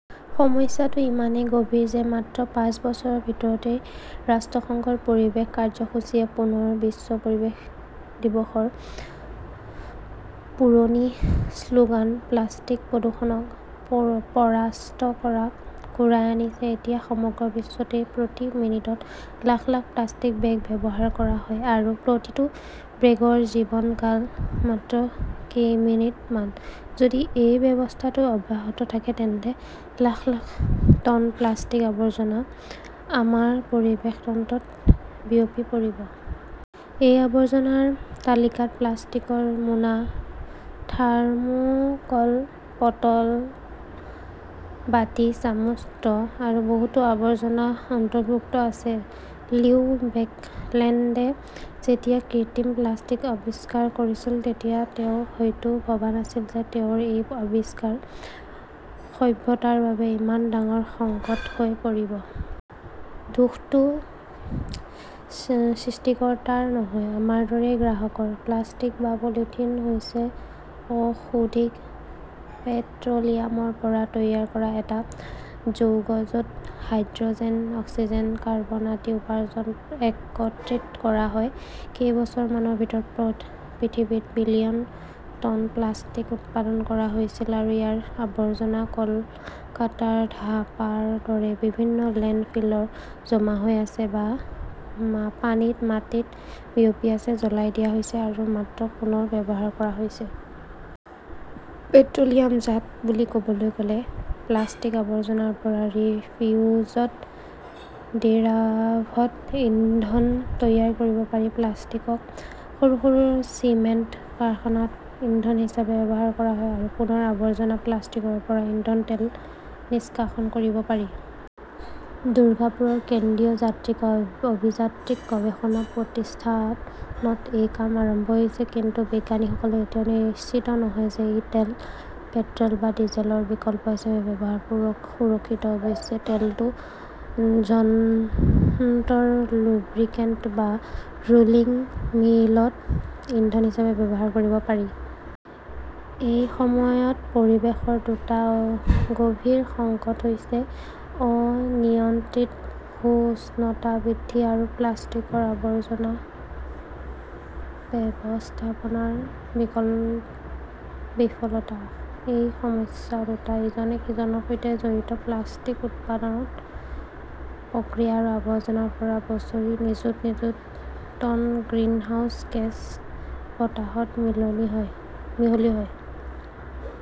সমস্যাটো ইমানেই গভীৰ যে মাত্ৰ পাঁচ বছৰৰ ভিতৰতে ৰাষ্ট্ৰসংঘৰ পৰিৱেশ কাৰ্যসূচীয়ে পুনৰ বিশ্ব পৰিৱেশ দিৱসৰ পুৰণি শ্লোগান-প্লাষ্টিক‌ প্ৰদূষণক পৰাস্ত কৰক ঘূৰাই আনিছে। এতিয়া সমগ্ৰ বিশ্বতে প্ৰতি মিনিটত লাখ লাখ প্লাষ্টিক বেগ ব্যৱহাৰ কৰা হয় আৰু প্ৰতিটো বেগৰ জীৱনকাল মাত্ৰ কেই মিনিট মান, যদি এই ব্যৱস্থাটো অব্যাহত থাকে তেন্তে লাখ লাখ টন প্লাষ্টিক-আৱৰ্জনা আমাৰ পৰিৱেশ তন্ত্ৰত বিয়পি পৰিব। এই আৱৰ্জনাৰ তালিকাত প্লাষ্টিকৰ মোনা, থাৰ্মোকল, বটল, বাটি, চামুচ, ষ্ট্ৰ আৰু বহুতো আৱৰ্জনা অন্তৰ্ভুক্ত আছে। লিও বেকলেণ্ডে যেতিয়া কৃত্ৰিম প্লাষ্টিক আৱিষ্কাৰ কৰিছিল, তেতিয়া তেওঁ হয়তো ভবা নাছিল যে তেওঁৰ এই আৱিষ্কাৰ সভ্যতাৰ বাবে ইমান ডাঙৰ সংকট হৈ পৰিব। দোষটো সৃষ্টিকৰ্তাৰ নহয়, আমাৰ দৰে গ্ৰাহকৰ। প্লাষ্টিক বা পলিথিন হৈছে অশোধিত পেট্ৰ'লিয়ামৰ পৰা তৈয়াৰ কৰা এটা যৌগ, য'ত হাইড্ৰ'জেন, অক্সিজেন, কাৰ্বন আদি উপাদান একত্ৰিত কৰা হয়। কেইবছৰ‌মানৰ ভিতৰত পৃথিৱীত বিলিয়ন টন প্লাষ্টিক উৎপাদন কৰা হৈছিল আৰু ইয়াৰ আৱৰ্জনা কলকাতাৰ ধাপাৰ দৰে বিভিন্ন লেণ্ডফিলত জমা হৈ আছে, বা পানীত-মাটিত বিয়পি আছে; জ্বলাই দিয়া হৈছে আৰু মাত্ৰ পুনৰ ব্যৱহাৰ কৰা হৈছে। পেট্ৰ' লিয়ামজাত বুলি ক'বলৈ গলে প্লাষ্টিক-আৱৰ্জনাৰ পৰা ৰিফিউজড ডিৰাইভড ইন্ধন তৈয়াৰ কৰিব পাৰি; প্লাষ্টিকক সৰু সৰু চিমেণ্ট কাৰখানাত ইন্ধন হিচাপে ব্যৱহাৰ কৰা হয়; আৰু পুনৰ আৱৰ্জনা প্লাষ্টিকৰ পৰা ইন্ধন তেল নিষ্কাশন কৰিব পাৰি। দুৰ্গাপুৰৰ কেন্দ্ৰীয় যান্ত্ৰিক অভিযান্ত্ৰিক গৱেষণা প্ৰতিষ্ঠানত এই কাম আৰম্ভ হৈছে। কিন্তু বিজ্ঞানীসকলে এতিয়াও নিশ্চিত নহয় যে এই তেল পেট্ৰল বা ডিজেলৰ বিকল্প হিচাপে কিমান সুৰক্ষিত। অৱশ্যে, তেলটো যন্ত্ৰৰ লুব্ৰিকেণ্ট বা ৰোলিং মিলত ইন্ধন হিচাপে ব্যৱহাৰ কৰিব পাৰি। এই সময়ত পৰিৱেশৰ দুটা গভীৰ সংকট হৈছে অনিয়ন্ত্ৰিত ভূ-উষ্ণতা বৃদ্ধি আৰু প্লাষ্টিকৰ আৱৰ্জনা ব্যৱস্থাপনাৰ বিফলতা। এই সমস্যা দুটা ইজনে সিজনৰ সৈতে জড়িত। প্লাষ্টিক উৎপাদন প্ৰক্ৰিয়া আৰু আৱৰ্জনাৰ পৰা বছৰি নিযুত নিযুত টন গ্ৰিনহাউজ গেছ বতাহত মিহলি হয়।